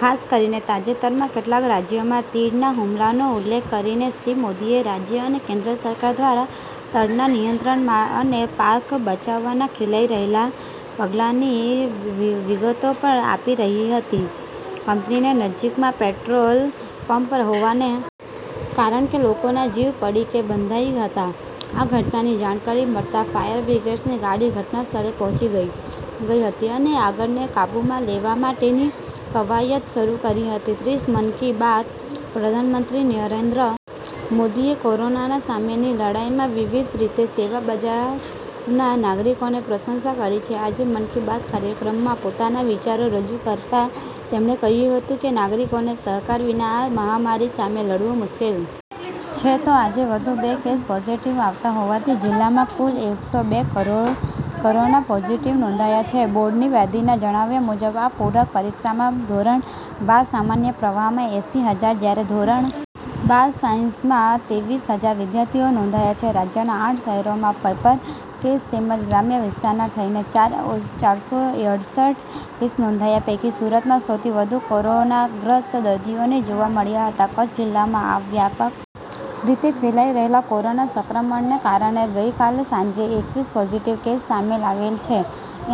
ખાસ કરીને તાજેતરમાં કેટલાક રાજ્યોમાં તીડના હુમલાનો ઉલ્લેખ કરીને શ્રી મોદીએ રાજ્ય અને કેન્દ્ર સરકાર દ્વારા તડના નિયંત્રણ અને પાક બચાવવાના લેવાઇ રહેલા પગલાંની વિગતો પણ આપી હતી કંપનીની નજીકમાં પેટ્રોલ પમ્પ હોવાને કારણે લોકોના જીવ પડીકે બંધાયા હતા આ ઘટનાની જાણકારી મળતા ફાયર બ્રિગેડની ગાડી ઘટના સ્થળે પહોંચી ગઈ હતી અને આગને કાબુમાં લેવા માટેની કવાયત શરૂ કરી હતી ત્રીસ મન કી બાત પ્રધાનમંત્રી નરેન્દ્ર મોદીએ કોરોના સામેની લડાઇમાં વિવિધ રીતે સેવા બજાવનારા નાગરિકોની પ્રશંસા કરી છે આજે મન કી બાત કાર્યક્રમમાં પોતાના વિચારો રજૂ કરતાં તેમણે કહ્યું હતું કે નાગરિકોના સહકાર વિના આ મહામારી સામે લડવું મુશ્કેલ છે તો આજે વધુ બે કેસ પોઝીટીવ આવતા હોવાથી જિલ્લામાં કુલ એક સો બે કોરોના પોઝીટીવ નોંધાયા છે બોર્ડની યાદીના જણાવ્યા મુજબ આ પુરક પરીક્ષામાં ધોરણ બાર સામાન્ય પ્રવાહમાં એંસી હજાર જયારે ધોરણ બાર સાયન્સમાં તેવીસ હજાર વિધાર્થીઓ નોંધાયા છે રાજયના આઠ શહેરોમાં પપર કેસ તેમજ ગ્રામ્ય વિસ્તારના થઈને ચાર સો અડસઠ કેસ નોંધાયા પૈકી સુરતમાં સૌથી વધુ કોરોનાગ્રસ્ત દર્દીઓ જોવા મળ્યા હતા કચ્છ જિલ્લામાં વ્યાપક રીતે ફેલાઈ રહેલા કોરોના સંક્રમણને કારણે ગઈકાલ સાંજે એકવીસ પોઝિટીવ કેસ સામે આવેલ છે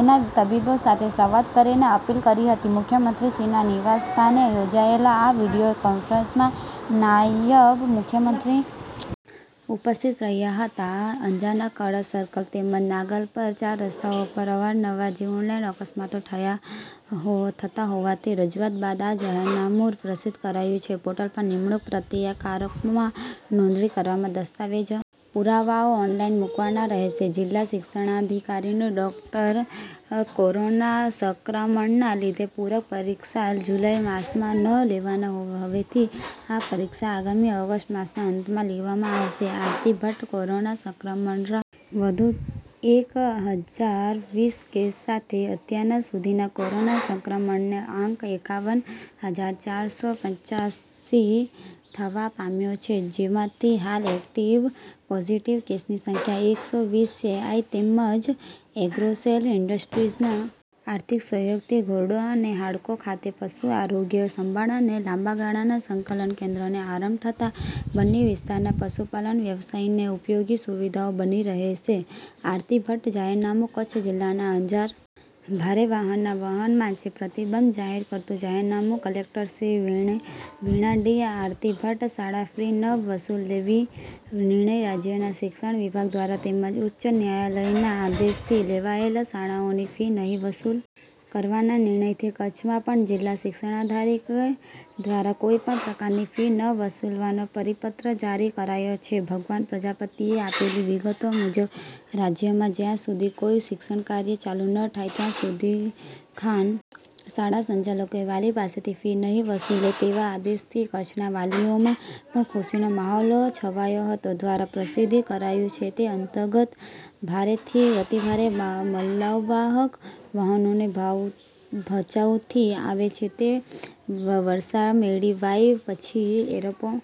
એના તબીબો સાથે સંવાદ કરીને અપીલ કરી હતી મુખ્યમંત્રીશ્રીના નિવાસ્થાને યોજાયેલ આ વિડિયો કોન્ફરન્સમાં નાયબ મુખ્યમંત્રી નિતિન પટેલ પણ ઉપસ્થિત રહ્યા હતા અંજારના કળશ સર્કલ તેમજ નાગલપર ચાર રસ્તાઓ પર અવારનવાર જીવલેણ અકસ્માતો થતા હોવાથી રજુઆત બાદ આ જાહેરનામુ પ્રસિધ્ધ કરયુ છે પોર્ટલ પર નિમણુંકની પ્રતિક્રિયામાં નોંધણી કરવા દસ્તાવેજ અને જરૂરી આધાર પુરાવાઓ ઓનલાઈન મુકવાના રહેશે જિલ્લા શિક્ષણાધિકારી ડો કોરોના સંક્રમણના લીધે પુરક પરીક્ષા જુલાઈ માસમાં ન લેવાના હવેથી આ પરીક્ષા આગામી ઓગષ્ટ માસના અંતમાં લેવામાં આવશે આરતી ભટ્ટ કોરોના સંક્રમણ રાજયમાં છેલ્લા ચોવીસ કલાકમાં વધુ એક હજાર વીસ કેસ સાથે અત્યાર સુધીનો કોરોના સંક્રમણનો આંક એકાવન હજાર ચાર સો પંચાસી થવા પામ્યો છે જેમાંથી હાલ એક્ટીવ પોઝીટવ કેસની સંખ્યા એક સો વીસ છે આઈ તેમજ એગ્રોસેલ ઈન્ડસ્ટ્રીઝના આર્થિક સહયોગથી ધોરડો અને હોડકો ખાતે પશુ આરોગ્ય સંભાળ અને લાંબાગાળાના સંકલન કેન્દ્રનો આરંભ થતા બન્ની વિસ્તારના પશુપાલન વ્યવસાયને ઉપયોગી સુવિધાઓ બની રહેશે આરતી ભટ્ટ જાહેરનામુ કચ્છ જિલ્લાના અંજાર તાલુકાના નાગલપર ચાર રસ્તે ભારે વાહનના વહન માચે પ્રતિબંધ જાહેર કરતુ જાહેરનામુ કલેક્ટરશ્રી વિણા ડી આરતી ભટ્ટ શાળા ફી ન વસુ લવી નિર્ણય રાજયના શિક્ષણ વિભાગ દ્વારા તેમજ ઉચ્ચ ન્યાયાલયના આદેશ થી લેવાયેલ શાળાઓની ફી નહી વસુલ કરવાના નિર્ણય થી કચ્છમાં પણ જિલ્લા શિક્ષણાધિકારી દ્વારા કોઈપણ પ્રકારની ફી ન વસુલવાનો પરિપત્ર જારી કરાયો છે ભગવાન પ્રજાપતિએ આપેલી વિગતો મુજબ રાજયમાં જયાં સુધી કોઈ શિક્ષણકાર્ય ચાલુ ન થાય ત્યાં સુધી ખાનગી શાળા સંચાલકો વાલી પાસેથી ફી નહી વસુલે તેવા આદેશથી કચ્છના વાલીઓમાં પણ ખુશીનો માહોલ છવાયો હતો દ્રારા પ્રસિધ્ધ કરાયું છે તે અંતર્ગત ભારે થી અતિભારે માલવાહક વાહનો ભચાઉ થી આવે છે તે વરસામેડી વાય પછી એરપોર્ટ રોડ પછી ગળપાદર ચોકડી થઈને મુન્દ્રા જતા નેશનલ હાઈવે રસ્તાનો ઉપયોગ પરિવહન કરવાનો આદેશ અપાયા છે।